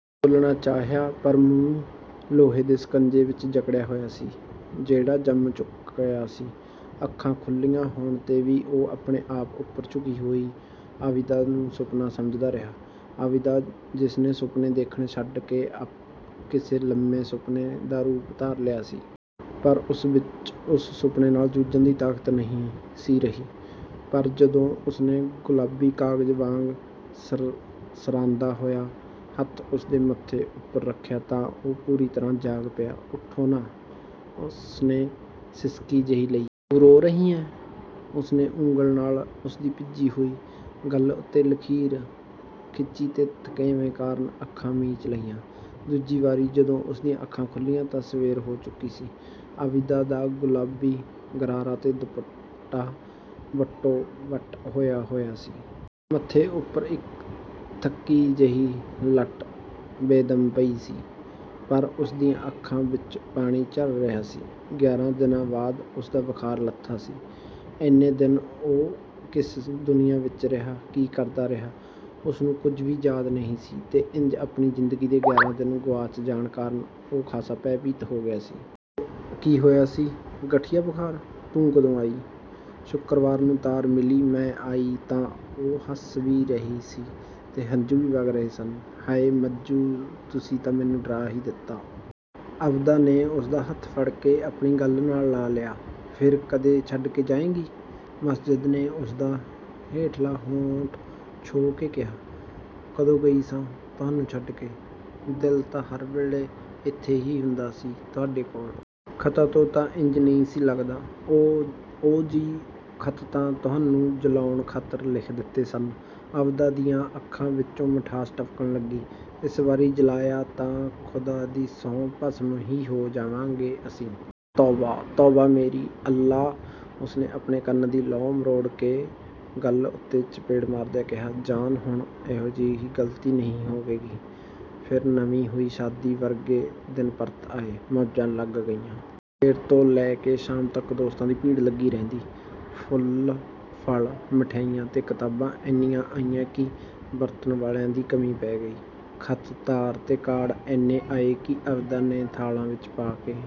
ਉਸਨੇ ਬੋਲਣਾ ਚਾਹਿਆ, ਪਰ ਮੂੰਹ ਲੋਹੇ ਦੇ ਸ਼ਿਕੰਜੇ ਵਿੱਚ ਜਕੜਿਆ ਹੋਇਆ ਸੀ ਜਿਹੜਾ ਜੰਮ ਚੁੱਕਿਆ ਸੀ। ਅੱਖਾਂ ਖੁੱਲ੍ਹੀਆਂ ਹੋਣ 'ਤੇ ਵੀ ਉਹ ਆਪਣੇ ਆਪ ਉੱਪਰ ਝੁਕੀ ਹੋਈ ਆਬਿਦਾ ਨੂੰ ਸੁਪਨਾ ਸਮਝਦਾ ਰਿਹਾ। ਆਬਿਦਾ, ਜਿਸਨੇ ਸੁਪਨੇ ਦੇਖਣੇ ਛੱਡ ਕੇ ਆਪ ਕਿਸੇ ਲੰਮੇ ਸੁਪਨੇ ਦਾ ਰੂਪ ਧਾਰ ਲਿਆ ਸੀ। ਉਸ ਵਿੱਚ ਉਸ ਸੁਪਨੇ ਨਾਲ ਜੂਝਣ ਦੀ ਤਾਕਤ ਨਹੀਂ ਸੀ ਰਹੀ। ਪਰ ਜਦੋਂ ਉਸਨੇ ਗੁਲਾਬੀ ਕਾਗਜ਼ ਵਾਂਗ ਸਰਸਰਾਂਦਾ ਹੋਇਆ ਹੱਥ ਉਸਦੇ ਮੱਥੇ ਉੱਪਰ ਰੱਖਿਆ ਤਾਂ ਉਹ ਪੂਰੀ ਤਰ੍ਹਾਂ ਜਾਗ ਪਿਆ।"ਉਠੋ ਨਾ।" ਉਸਨੇ ਸਿਸਕੀ ਜਿਹੀ ਲਈ। "ਤੂੰ ਰੋ ਰਹੀ ਹੈਂ?" ਉਸਨੇ ਉਂਗਲ ਨਾਲ ਉਸਦੀ ਭਿੱਜੀ ਹੋਈ ਗੱਲ੍ਹ ਉੱਤੇ ਲਕੀਰ ਖਿੱਚੀ ਤੇ ਥਕੇਵੇਂ ਕਾਰਨ ਅੱਖਾਂ ਮੀਚ ਲਈਆਂ। ਦੂਜੀ ਵਾਰੀ ਜਦੋਂ ਉਸਦੀਆਂ ਅੱਖਾਂ ਖੁੱਲ੍ਹੀਆਂ ਤਾਂ ਸਵੇਰ ਹੋ ਚੁੱਕੀ ਸੀ। ਆਬਿਦਾ ਦਾ ਗੁਲਾਬੀ ਗਰਾਰਾ ਤੇ ਦੁਪੱਟਾ ਵੱਟੋ-ਵੱਟਹੋਇਆ-ਹੋਇਆ ਸੀ। ਮੱਥੇ ਉੱਪਰ ਇੱਕ ਥੱਕੀ ਜਿਹੀ ਲੱਟ ਬੇਦਮ ਪਈ ਸੀ, ਪਰ ਉਸਦੀਆਂ ਅੱਖਾਂ ਵਿੱਚੋਂ ਪਾਣੀ ਝਰ ਰਿਹਾ ਸੀ। ਗਿਆਰਾਂ ਦਿਨਾਂ ਬਾਅਦ ਉਸਦਾ ਬੁਖਾਰ ਲੱਥਾ ਸੀ। ਇੰਨੇ ਦਿਨ ਉਹ ਕਿਸ ਦੁਨੀਆਂ ਵਿੱਚ ਰਿਹਾ, ਕੀ ਕਰਦਾ ਰਿਹਾ, ਉਸਨੂੰ ਕੁਝ ਵੀ ਯਾਦ ਨਹੀਂ ਸੀ ਤੇ ਇੰਜ ਆਪਣੀ ਜ਼ਿੰਦਗੀ ਦੇ ਗਿਆਰਾਂ ਦਿਨ ਗੁਆਚ ਜਾਣ ਕਾਰਨ ਉਹ ਖਾਸਾ ਭੈਭੀਤ ਹੋ ਗਿਆ ਸੀ। "ਕੀ ਹੋਇਆ ਸੀ?" "ਗਠੀਆ ਬੁਖ਼ਾਰ।" "ਤੂੰ ਕਦੋਂ ਆਈ?" "ਸ਼ੁਕਰਵਾਰ ਨੂੰ ਤਾਰ ਮਿਲੀ, ਮੈਂ ਆਈ ਤਾਂ" ਉਹ ਹੱਸ ਵੀ ਰਹੀ ਸੀ ਤੇ ਹੰਝੂ ਵੀ ਵਗ ਰਹੇ ਸਨ, "ਹਾਏ ਮੱਜੂ, ਤੁਸੀਂ ਤਾਂ ਮੈਨੂੰ ਡਰਾ ਹੀ ਦਿੱਤਾ।" ਆਬਿਦਾ ਨੇ ਉਸਦਾ ਹੱਥ ਫੜ ਕੇ ਆਪਣੀ ਗੱਲ੍ਹ ਨਾਲ ਲਾ ਲਿਆ। "ਫਿਰ ਕਦੇ ਛੱਡ ਕੇ ਜਾਏਂਗੀ?" ਮਾਜਿਦ ਨੇ ਉਸਦਾ ਹੇਠਲਾ ਹੋਂਠ ਛੂਹ ਕੇ ਕਿਹਾ। "ਕਦੋਂ ਗਈ ਸਾਂ ਤੁਹਾਨੂੰ ਛੱਡ ਕੇ, ਦਿਲ ਤਾਂ ਹਰ ਵੇਲੇ ਇੱਥੇ ਹੀ ਹੁੰਦਾ ਸੀ ਤੁਹਾਡੇ ਕੋਲ।" "ਖ਼ਤਾਂ ਤੋਂ ਤਾਂ ਇੰਜ ਨਹੀਂ ਸੀ ਲੱਗਦਾ।" "ਉਹ! ਓ-ਜੀ, ਖ਼ਤ ਤਾਂ ਤੁਹਾਨੂੰ ਜਲਾਉਣ ਖਾਤਰ ਲਿਖ ਦਿੱਤੇ ਸਨ।" ਆਬਿਦਾ ਦੀਆਂ ਅੱਖਾਂ ਵਿੱਚੋਂ ਮਿਠਾਸ ਟਪਕਣ ਲੱਗੀ। "ਇਸ ਵਾਰੀ ਜਲਾਇਆ ਤਾਂ ਖ਼ੁਦਾ ਦੀ ਸਹੁੰ ਭਸਮ ਹੀ ਹੋ ਜਾਵਾਂਗੇ ਅਸੀਂ।" "ਤੌਬਾ! ਤੌਬਾ ਮੇਰੀ! ਅੱਲਾ" ਉਸਨੇ ਆਪਣੇ ਕੰਨ ਦੀ ਲੌਂਅ ਮਰੋੜ ਕੇ, ਗੱਲ੍ਹ ਉੱਤੇ ਚਪੇੜਾਂ ਮਾਰਦਿਆਂ ਕਿਹਾ, "ਜਾਨ ਹੁਣ ਇਹੋ ਜਿਹੀ ਗ਼ਲਤੀ ਨਹੀਂ ਹੋਵੇਗੀ।" ਫਿਰ ਨਵੀਂ ਹੋਈ ਸ਼ਾਦੀ ਵਰਗੇ ਦਿਨ ਪਰਤ ਆਏ, ਮੌਜਾਂ ਲੱਗ ਗਈਆਂ। ਸਵੇਰ ਤੋਂ ਲੈ ਕੇ ਸ਼ਾਮ ਤੱਕ ਦੋਸਤਾਂ ਦੀ ਭੀੜ ਲੱਗੀ ਰਹਿੰਦੀ। ਫੁੱਲ, ਫਲ, ਮਿਠਿਆਈਆਂ ਤੇ ਕਿਤਾਬਾਂ ਇੰਨੀਆਂ ਆਈਆਂ ਕਿ ਵਰਤਣ ਵਾਲਿਆਂ ਦੀ ਕਮੀ ਪੈ ਗਈ। ਖ਼ਤ, ਤਾਰ ਤੇ ਕਾਰਡ ਇੰਨੇ ਆਏ ਕਿ ਆਬਿਦਾ ਨੇ ਥਾਲਾਂ ਵਿੱਚ ਪਾ ਕੇ